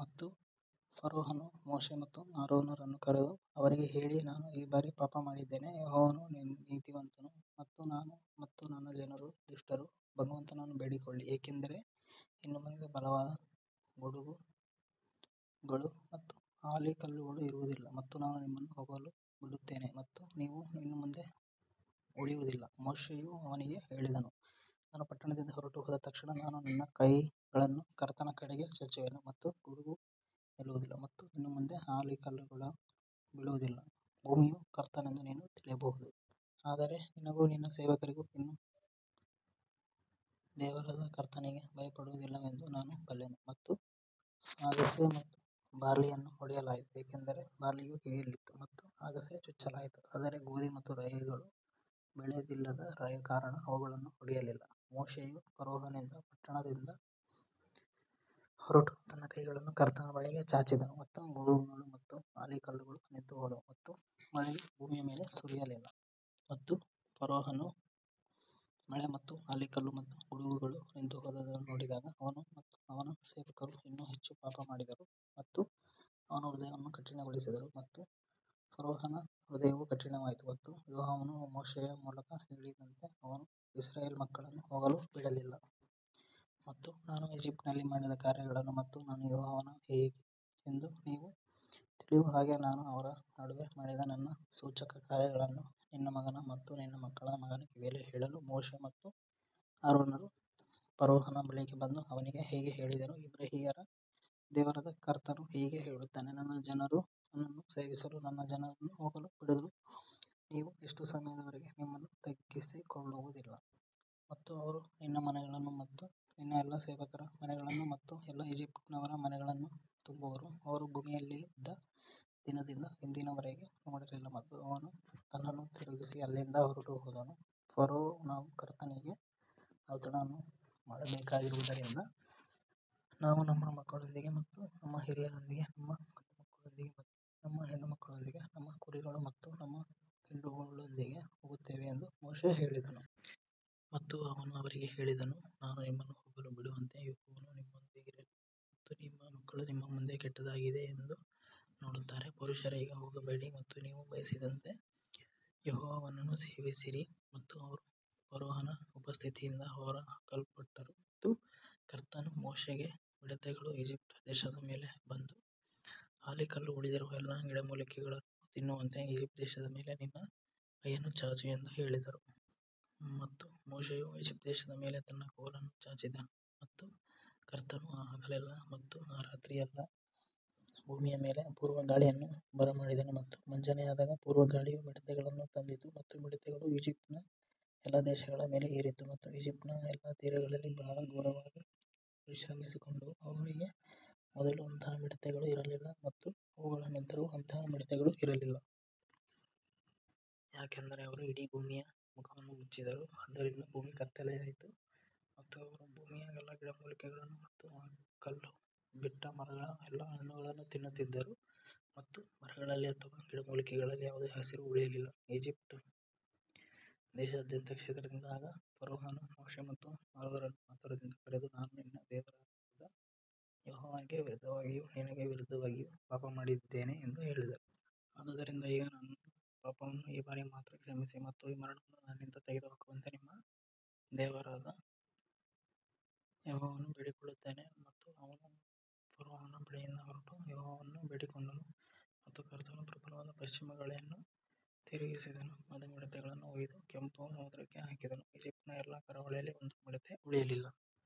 ಮತ್ತು ಫರೋಹನು ಮೋಶೆ ಮತ್ತು ಆರೋನರನ್ನು ಕರೆದು ಅವರಿಗೆ ಹೇಳಿ, ನಾನು ಈ ಬಾರಿ ಪಾಪ ಮಾಡಿದ್ದೇನೆ, ಯೆಹೋವನು ನೀತಿವಂತನು ಮತ್ತು ನಾನು ಮತ್ತು ನನ್ನ ಜನರು ದುಷ್ಟರು. ಭಗವಂತನನ್ನು ಬೇಡಿಕೊಳ್ಳಿ ಏಕೆಂದರೆ ಇನ್ನು ಮುಂದೆ ಬಲವಾದ ಗುಡುಗುಗಳು ಮತ್ತು ಆಲಿಕಲ್ಲುಗಳು ಇರುವುದಿಲ್ಲ ಮತ್ತು ನಾನು ನಿಮ್ಮನ್ನು ಹೋಗಲು ಬಿಡುತ್ತೇನೆ ಮತ್ತು ನೀವು ಇನ್ನು ಮುಂದೆ ಉಳಿಯುವುದಿಲ್ಲ ಮೋಶೆಯು ಅವನಿಗೆ ಹೇಳಿದನು, ನಾನು ಪಟ್ಟಣದಿಂದ ಹೊರಟುಹೋದ ತಕ್ಷಣ ನಾನು ನನ್ನ ಕೈಗಳನ್ನು ಕರ್ತನ ಕಡೆಗೆ ಚಾಚುವೆನು ಮತ್ತು ಗುಡುಗು ನಿಲ್ಲುವದಿಲ್ಲ ಮತ್ತು ಇನ್ನು ಮುಂದೆ ಆಲಿಕಲ್ಲುಗಳು ಬೀಳುವದಿಲ್ಲ ಭೂಮಿಯು ಕರ್ತನೆಂದು ನೀನು ತಿಳಿಯಬಹುದು. ಆದರೆ ನಿನಗೂ ನಿನ್ನ ಸೇವಕರಿಗೂ ನೀವು ಇನ್ನೂ ದೇವರಾದ ಕರ್ತನಿಗೆ ಭಯಪಡುವದಿಲ್ಲವೆಂದು ನಾನು ಬಲ್ಲೆನು ಮತ್ತು ಅಗಸೆ ಮತ್ತು ಬಾರ್ಲಿಯನ್ನು ಹೊಡೆಯಲಾಯಿತು ಏಕೆಂದರೆ ಬಾರ್ಲಿಯು ಕಿವಿಯಲ್ಲಿತ್ತು ಮತ್ತು ಅಗಸೆ ಚುಚ್ಚಲಾಯಿತು ಆದರೆ ಗೋಧಿ ಮತ್ತು ರೈಗಳು ಬೆಳೆದಿಲ್ಲದ ಕಾರಣ ಅವುಗಳನ್ನು ಹೊಡೆಯಲಿಲ್ಲ ಮೋಶೆಯು ಫರೋಹನಿಂದ ಪಟ್ಟಣದಿಂದ ಹೊರಟು ತನ್ನ ಕೈಗಳನ್ನು ಕರ್ತನ ಬಳಿಗೆ ಚಾಚಿದನು ಮತ್ತು ಗುಡುಗುಗಳು ಮತ್ತು ಆಲಿಕಲ್ಲುಗಳು ನಿಂತುಹೋದವು ಮತ್ತು ಮಳೆಯು ಭೂಮಿಯ ಮೇಲೆ ಸುರಿಯಲಿಲ್ಲ. ಮತ್ತು ಫರೋಹನು ಮಳೆ ಮತ್ತು ಆಲಿಕಲ್ಲು ಮತ್ತು ಗುಡುಗುಗಳು ನಿಂತುಹೋದುದನ್ನು ನೋಡಿದಾಗ ಅವನು ಮತ್ತು ಅವನ ಸೇವಕರು ಇನ್ನೂ ಹೆಚ್ಚು ಪಾಪ ಮಾಡಿದರು ಮತ್ತು ಅವನ ಹೃದಯವನ್ನು ಕಠಿಣಗೊಳಿಸಿದರು. ಮತ್ತು ಫರೋಹನ ಹೃದಯವು ಕಠಿಣವಾಯಿತು ಮತ್ತು ಯೆಹೋವನು ಮೋಶೆಯ ಮೂಲಕ ಹೇಳಿದಂತೆ ಅವನು ಇಸ್ರಾಯೇಲ್ ಮಕ್ಕಳನ್ನು ಹೋಗಲು ಬಿಡಲಿಲ್ಲ. ಮತ್ತು ನಾನು ಈಜಿಪ್ಟಿನಲ್ಲಿ ಮಾಡಿದ ಕಾರ್ಯಗಳನ್ನು ಮತ್ತು ನಾನು ಯೆಹೋವನು ಹೇಗೆ ಎಂದು ನೀವು ತಿಳಿಯುವ ಹಾಗೆ ನಾನು ಅವರ ನಡುವೆ ಮಾಡಿದ ನನ್ನ ಸೂಚಕಕಾರ್ಯಗಳನ್ನು ನಿನ್ನ ಮಗನ ಮತ್ತು ನಿನ್ನ ಮಕ್ಕಳ ಮಗನ ಕಿವಿಯಲ್ಲಿ ಹೇಳಲು. ಮೋಶೆ ಮತ್ತು ಆರೋನರು ಫರೋಹನ ಬಳಿಗೆ ಬಂದು ಅವನಿಗೆ ಹೀಗೆ ಹೇಳಿದರು ಇಬ್ರಿಯರ ದೇವರಾದ ಕರ್ತನು ಹೀಗೆ ಹೇಳುತ್ತಾನೆ ನನ್ನ ಜನರು ನನ್ನನ್ನು ಸೇವಿಸಲು ನನ್ನ ಜನರನ್ನು ಹೋಗಲು ಬಿಡಲು ನೀವು ಎಷ್ಟು ಸಮಯದವರೆಗೆ ನಿಮ್ಮನ್ನು ತಗ್ಗಿಸಿಕೊಳ್ಳುವುದಿಲ್ಲ. ಮತ್ತು ಅವರು ನಿನ್ನ ಮನೆಗಳನ್ನು ಮತ್ತು ನಿನ್ನ ಎಲ್ಲಾ ಸೇವಕರ ಮನೆಗಳನ್ನು ಮತ್ತು ಎಲ್ಲಾ ಈಜಿಪ್ಟಿನವರ ಮನೆಗಳನ್ನು ತುಂಬುವರು, ಅವರು ಭೂಮಿಯಲ್ಲಿದ್ದ ದಿನದಿಂದ ಇಂದಿನವರೆಗೆ ನೋಡಲಿಲ್ಲ ಮತ್ತು ಅವನು ತನ್ನನ್ನು ತಿರುಗಿಸಿ ಅಲ್ಲಿಂದ ಹೊರಟುಹೋದನು. ಫರೋ ನಾವು ಕರ್ತನಿಗೆ ಔತಣವನ್ನು ಮಾಡಬೇಕಾಗಿರುವುದರಿಂದ ನಾವು ನಮ್ಮ ಮಕ್ಕಳೊಂದಿಗೆ ಮತ್ತು ನಮ್ಮ ಹಿರಿಯರೊಂದಿಗೆ ನಮ್ಮ ಗಂಡುಮಕ್ಕಳೊಂದಿಗೆ ಮತ್ತು ನಮ್ಮ ಹೆಣ್ಣುಮಕ್ಕಳೊಂದಿಗೆ ನಮ್ಮ ಕುರಿಗಳು ಮತ್ತು ನಮ್ಮ ಹಿಂಡುಗಳೊಂದಿಗೆ ಹೋಗುತ್ತೇವೆ ಎಂದು ಮೋಶೆ ಹೇಳಿದನು. ಮತ್ತು ಅವನು ಅವರಿಗೆ ಹೇಳಿದನು, ನಾನು ನಿಮ್ಮನ್ನು ಹೋಗಲು ಬಿಡುವಂತೆ ಯೆಹೋವನು ನಿಮ್ಮೊಂದಿಗಿರಲಿ ಮತ್ತು ನಿಮ್ಮ ಮಕ್ಕಳು ನಿಮ್ಮ ಮುಂದೆ ಕೆಟ್ಟದ್ದಾಗಿದೆ ಎಂದು ನೋಡುತ್ತಾರೆ. ಪುರುಷರೇ ಈಗ ಹೋಗಬೇಡಿ ಮತ್ತು ನೀವು ಬಯಸಿದಂತೆ ಯೆಹೋವನನ್ನು ಸೇವಿಸಿರಿ ಮತ್ತು ಅವರು ಫರೋಹನ ಉಪಸ್ಥಿತಿಯಿಂದ ಹೊರಹಾಕಲ್ಪಟ್ಟರು. ಮತ್ತು ಕರ್ತನು ಮೋಶೆಗೆ ಮಿಡತೆಗಳು ಈಜಿಪ್ಟ್ ದೇಶದ ಮೇಲೆ ಬಂದು ಆಲಿಕಲ್ಲು ಉಳಿದಿರುವ ಎಲ್ಲಾ ಗಿಡಮೂಲಿಕೆಗಳನ್ನು ತಿನ್ನುವಂತೆ ಈಜಿಪ್ಟ್ ದೇಶದ ಮೇಲೆ ನಿನ್ನ ಕೈಯನ್ನು ಚಾಚು ಎಂದು ಹೇಳಿದನು. ಮತ್ತು ಮೋಶೆಯು ಈಜಿಪ್ಟ್ ದೇಶದ ಮೇಲೆ ತನ್ನ ಕೋಲನ್ನು ಚಾಚಿದನು ಮತ್ತು ಕರ್ತನು ಆ ಹಗಲೆಲ್ಲಾ ಮತ್ತು ಆ ರಾತ್ರಿಯೆಲ್ಲಾ ಭೂಮಿಯ ಮೇಲೆ ಪೂರ್ವ ಗಾಳಿಯನ್ನು ಬರಮಾಡಿದನು ಮತ್ತು ಮುಂಜಾನೆಯಾದಾಗ ಪೂರ್ವ ಗಾಳಿಯು ಮಿಡತೆಗಳನ್ನು ತಂದಿತು. ಮತ್ತು ಮಿಡತೆಗಳು ಈಜಿಪ್ಟಿನ ಎಲ್ಲಾ ದೇಶಗಳ ಮೇಲೆ ಏರಿತು ಮತ್ತು ಈಜಿಪ್ಟಿನ ಎಲ್ಲಾ ತೀರಗಳಲ್ಲಿ ಬಹಳ ಘೋರವಾಗಿ ವಿಶ್ರಮಿಸಿಕೊಂಡವು, ಅವುಗಳಿಗೆ ಮೊದಲು ಅಂತಹ ಮಿಡತೆಗಳು ಇರಲಿಲ್ಲ ಮತ್ತು ಅವುಗಳ ನಂತರವೂ ಅಂತಹ ಮಿಡತೆಗಳು ಇರಲಿಲ್ಲ. ಯಾಕಂದರೆ ಅವರು ಇಡೀ ಭೂಮಿಯ ಮುಖವನ್ನು ಮುಚ್ಚಿದರು ಆದ್ದರಿಂದ ಭೂಮಿ ಕತ್ತಲೆಯಾಯಿತು ಮತ್ತು ಅವರು ಭೂಮಿಯ ಎಲ್ಲಾ ಗಿಡಮೂಲಿಕೆಗಳನ್ನು ಮತ್ತು ಆಲಿಕಲ್ಲು ಬಿಟ್ಟ ಮರಗಳ ಎಲ್ಲಾ ಹಣ್ಣುಗಳನ್ನು ತಿನ್ನುತ್ತಿದ್ದರು ಮತ್ತು ಮರಗಳಲ್ಲಿ ಅಥವಾ ಗಿಡಮೂಲಿಕೆಗಳಲ್ಲಿ ಯಾವುದೇ ಹಸಿರು ಉಳಿಯಲಿಲ್ಲ. ಈಜಿಪ್ಟ್ ದೇಶದಾದ್ಯಂತ ಕ್ಷೇತ್ರದಿಂದ ಆಗ ಫರೋಹನು ಮೋಶೆ ಮತ್ತು ಆರೋನರನ್ನು ಆತುರದಿಂದ ಕರೆದು ನಾನು ನಿನ್ನ ದೇವರಾದ ಯೆಹೋವನಿಗೆ ವಿರುದ್ಧವಾಗಿಯೂ ನಿನಗೆ ವಿರುದ್ಧವಾಗಿಯೂ ಪಾಪಮಾಡಿದ್ದೇನೆ ಎಂದು ಹೇಳಿದನು. ಆದುದರಿಂದ ಈಗ ನನ್ನ ಪಾಪವನ್ನು ಈ ಬಾರಿ ಮಾತ್ರ ಕ್ಷಮಿಸಿ ಮತ್ತು ಈ ಮರಣವನ್ನು ನನ್ನಿಂದ ತೆಗೆದುಹಾಕುವಂತೆ ನಿಮ್ಮ ದೇವರಾದ ಯೆಹೋವನನ್ನು ಬೇಡಿಕೊಳ್ಳುತ್ತೇನೆ. ಮತ್ತು ಅವನು ಫರೋಹನ ಬಳಿಯಿಂದ ಹೊರಟು ಯೆಹೋವನನ್ನು ಬೇಡಿಕೊಂಡನು ಮತ್ತು ಕರ್ತನು ಪ್ರಬಲವಾದ ಪಶ್ಚಿಮ ಗಾಳಿಯನ್ನು ತಿರುಗಿಸಿದನು, ಅದು ಮಿಡತೆಗಳನ್ನು ಒಯ್ದು ಕೆಂಪು ಸಮುದ್ರಕ್ಕೆ ಹಾಕಿದನು, ಈಜಿಪ್ಟಿನ ಎಲ್ಲಾ ಕರಾವಳಿಯಲ್ಲಿ ಒಂದು ಮಿಡತೆ ಉಳಿಯಲಿಲ್ಲ.